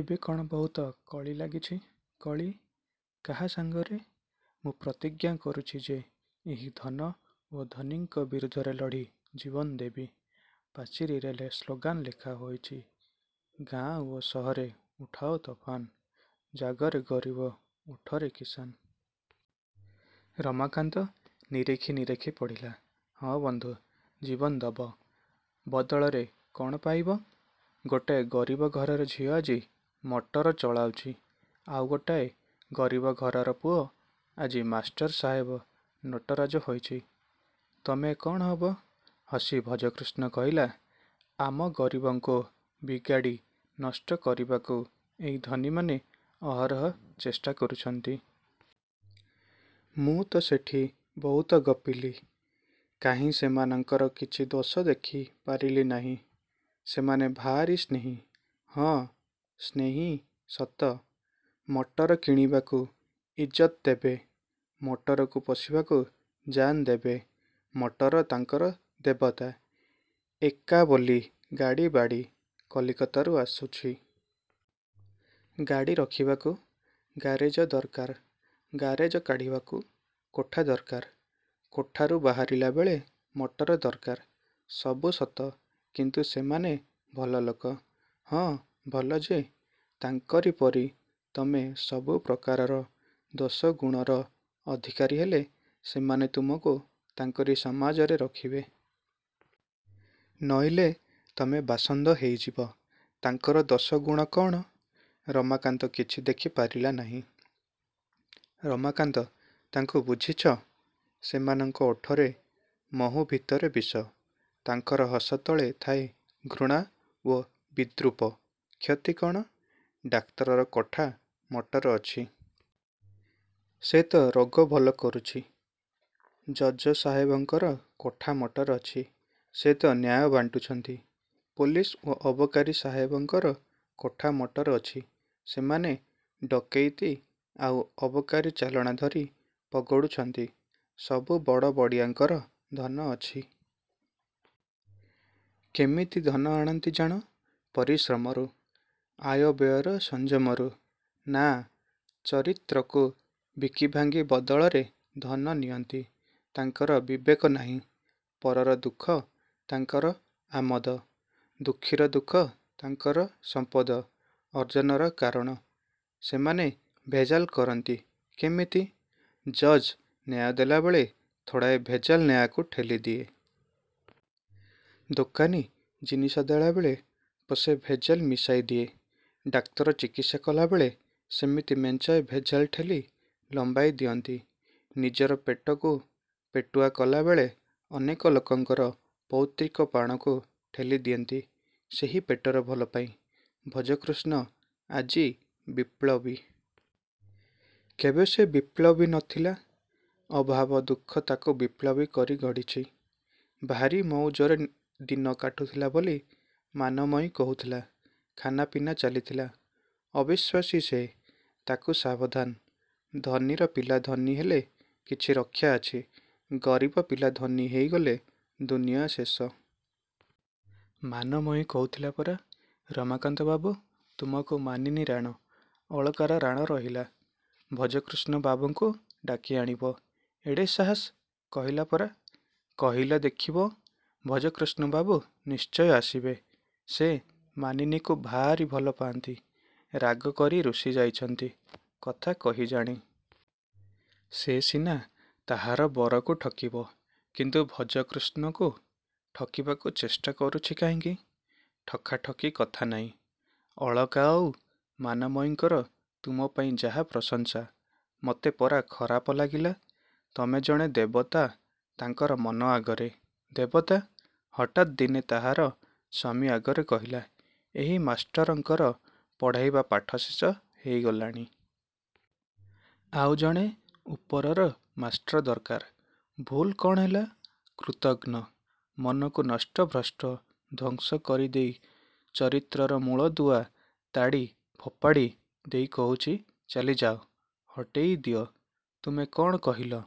ଏବେ କ'ଣ ବହୁତ କଳି ଲାଗିଛି? -କଳି? କାହା ସାଙ୍ଗରେ? ମୁଁ ପ୍ରତିଜ୍ଞା କରୁଛି ଯେ ଏହି ଧନ ଓ ଧନୀଙ୍କ ବିରୁଦ୍ଧରେ ଲଢ଼ି ଜୀବନ ଦେବି। ପାଚିରୀରେ ସ୍ଳୋଗାନ ଲେଖା ହୋଇଛି। ଗାଁ ଓ ସହରେ ଉଠାଅ ତୋଫାନ। ଜାଗରେ ଗରିବ, ଉଠରେ କିସାନ। ରମାକାନ୍ତ ନିରେଖି ନିରେଖି ପଢ଼ିଲା। ହଁ, ବନ୍ଧୁ ଜୀବନ ଦବ। ବଦଳରେ କ'ଣ ପାଇବ-? ଗୋଟାଏ ଗରିବ ଘରର ଝିଅ ଆଜି ମଟର ଚଳାଉଛି। ଆଉ ଗୋଟାଏ ଗରିବ ଘରର ପୁଅ ଆଜି ମାଷ୍ଟର ସାହେବ ନଟରାଜ ହୋଇଛି, ତମେ କ'ଣ ହେବ? ହସି ଭଜକୃଷ୍ଣ କହିଲା-ଆମ ଗରିବଙ୍କୁ ବିଗାଡ଼ି ନଷ୍ଟ କରିବାକୁ ଏଇ ଧନୀମାନେ ଅହରହ ଚେଷ୍ଟା କରୁଛନ୍ତି। -ମୁଁ ତ ସେଠି ବହୁତ ଗପିଲି। କାହିଁ ସେମାନଙ୍କର କିଛି ଦୋଷ ଦେଖି ପାରିଲି ନାହିଁ। ସେମାନେ ଭାରି ସ୍ନେହୀ। -ହଁ। ସ୍ନେହୀ ସତ। ମଟର କିଣିବାକୁ ଇଜ୍ଜତ ଦେବେ। ମଟରକୁ ପୋଷିବାକୁ ଜାନ୍ ଦେବେ। ମଟର ତାଙ୍କର ଦେବତା। -ଏକା ବୋଲି-ଗାଡ଼ି, ବାଡ଼ି। କଲିକତାରୁ ଆସୁଛି। ଗାଡ଼ି ରଖିବାକୁ ଗାରେଜ ଦରକାର। ଗାରେଜ କାଢ଼ିବାକୁ କୋଠା ଦରକାର। କୋଠାରୁ ବାହାରିଲା ବେଳେ ମଟର ଦରକାର। ସବୁ ସତ କିନ୍ତୁ ସେମାନେ ଭଲ ଲୋକ। -ହଁ, ଭଲ ଯେ। ତାଙ୍କରି ପରି ତମେ ସବୁ ପ୍ରକାରର ଦୋଷଗୁଣର ଅଧିକାରୀ ହେଲେ ସେମାନେ ତୁମକୁ ତାଙ୍କରି ସମାଜରେ ରଖିବେ। ନଇଲେ ତମେ ବାସନ୍ଦ ହେଇଯିବ। -ତାଙ୍କର ଦୋଷଗୁଣ କ'ଣ? -ରମାକାନ୍ତ କିଛି ଦେଖି ପାରିଲା ନାହିଁ। -ରମାକାନ୍ତ, ତାଙ୍କୁ ବୁଝିଛ? ସେମାନଙ୍କର ଓଠରେ ମହୁ ଭିତରେ ବିଷ। ତାଙ୍କର ହସ ତଳେ ଥାଏ ଘୃଣା ଓ ବିଦ୍ରୂପ। -କ୍ଷତି କ'ଣ? ଡାକ୍ତରର କୋଠା ମଟର ଅଛି। ସେ ତ ରୋଗ ଭଲ କରୁଛି। ଜଜ ସାହେବଙ୍କର କୋଠା ମଟର ଅଛି। ସେ ତ ନ୍ୟାୟ ବାଣ୍ଟୁଛନ୍ତି। ପୁଲିସ ଓ ଅବକାରୀ ସାହେବଙ୍କର କୋଠା ମଟର ଅଛି ସେମାନେ ଡକେଇତି ଆଉ ଅବକାରୀ ଚାଲାଣ ଧରି ପଗଡ଼ୁଛନ୍ତି। ସବୁ ବଡ଼ ବଡ଼ିଆଙ୍କର ଧନ ଅଛି। -କେମିତି ଧନ ଆଣନ୍ତି ଜାଣ? -ପରିଶ୍ରମରୁ। ଆୟବ୍ୟୟର ସଂଯମରୁ। -ନା, ଚରିତ୍ରକୁ ବିକିଭାଙ୍ଗି ବଦଳରେ ଧନ ନିଅନ୍ତି। ତାଙ୍କର ବିବେକ ନାହିଁ। ପରର ଦୁଃଖ ତାଙ୍କର ଆମୋଦ-ଦୁଃଖୀର ଦୁଃଖ ତାଙ୍କର ସମ୍ପଦ ଅର୍ଜନର କାରଣ। ସେମାନେ ଭେଜାଲ କରନ୍ତି। -କେମିତି? -ଜଜ୍ ନ୍ୟାୟ ଦେଲାବେଳେ ଥୋଡ଼ାଏ ଭେଜାଲ ନ୍ୟାୟକୁ ଠେଲି ଦିଏ। ଦୋକାନୀ ଜିନିଷ ଦେଲାବେଳେ ପୋଷେ ଭେଜାଲ ମିଶାଇ ଦିଏ। ଡାକ୍ତର ଚିକିତ୍ସା କଲାବେଳେ ସେମିତି ମେଞ୍ଚାଏ ଭେଜାଲ ଠେଲି ଲମ୍ବାଇ ଦିଅନ୍ତି। ନିଜର ପେଟକୁ ପେଟୁଆ କଲାବେଳେ ଅନେକ ଲୋକଙ୍କର ପୈତୃକ ପ୍ରାଣକୁ ଠେଲି ଦିଅନ୍ତି ସେହି ପେଟର ଭଲ ପାଇଁ। -ଭଜକୃଷ୍ଣ ଆଜି ବିପ୍ଳବୀ। -କେବେ ସେ ବିପ୍ଳବୀ ନ ଥିଲା? ଅଭାବ ଦୁଃଖ ତାକୁ ବିପ୍ଳବୀ କରି ଗଢ଼ିଛି। -ଭାରି ମଉଜରେ ଦିନ କାଟୁଥିଲା ବୋଲି ମାନମୟୀ କହୁଥିଲା। ଖାନାପିନା ଚାଲିଥିଲା-। -ଅବିଶ୍ୱାସୀ ସେ। ତା'କୁ ସାବଧାନ। ଧନୀର ପିଲା ଧନୀ ହେଲେ କିଛି ରକ୍ଷା ଅଛି। ଗରିବ ପିଲା ଧନୀ ହେଇଗଲେ ଦୁନିଆ ଶେଷ। -ମାନମୟୀ କହୁଥିଲା ପରା-ରମାକାନ୍ତ ବାବୁ, ତୁମକୁ ମାନିନୀ ରାଣ, ଅଳକାର ରାଣ ରହିଲା-ଭଜକୃଷ୍ଣ ବାବୁଙ୍କୁ ଡାକି ଆଣିବ। -ଏଡ଼େ ସାହସ? -କହିଲା ପରା। କହିଲେ ଦେଖିବ ଭଜକୃଷ୍ଣବାବୁ ନିଶ୍ଚୟ ଆସିବେ। ସେ ମାନିନୀକୁ ଭାରି ଭଲ ପାଆନ୍ତି। ରାଗ କରି ରୁଷି ଯାଇଛନ୍ତି। -କଥା କହି ଜାଣେ। ସେ ସିନା ତାହାର ବରକୁ ଠକିବ, କିନ୍ତୁ ଭଜକୃଷ୍ଣକୁ ଠକିବାକୁ ଚେଷ୍ଟା କରୁଛି କାହିଁକି? -ଠକାଠକି କଥା ନାହିଁ। ଅଳକା ଆଉ ମାନମୟୀଙ୍କର ତୁମ ପାଇଁ ଯାହା ପ୍ରଶଂସା। ମତେ ପରା ଖରାପ ଲାଗିଲା-ତମେ ଜଣେ ଦେବତା ତାଙ୍କର ମନ ଆଗରେ। -ଦେବତା? ହଠାତ୍ ଦିନେ ତାହାର ସ୍ୱାମୀ ଆଗରେ କହିଲା, ଏଇ ମାଷ୍ଟରଙ୍କର ପଢ଼ାଇବା ପାଠ ଶେଷ ହେଇଗଲାଣି। ଆଉ ଜଣେ ଉପରର ମାଷ୍ଟ୍ର ଦରକାର। -ଭୁଲ୍ କ'ଣ ହେଲା? -କୃତଘ୍ନ। ମନକୁ ନଷ୍ଟଭ୍ରଷ୍ଟ ଧ୍ୱଂସ କରି ଦେଇ ଚରିତ୍ରର ମୂଳଦୁଆ ତାଡ଼ି ଫୋପାଡ଼ି ଦେଇ କହୁଛି-ଚାଲିଯାଅ। ହଟେଇ ଦିଅ। -ତୁମେ କ'ଣ କହିଲ?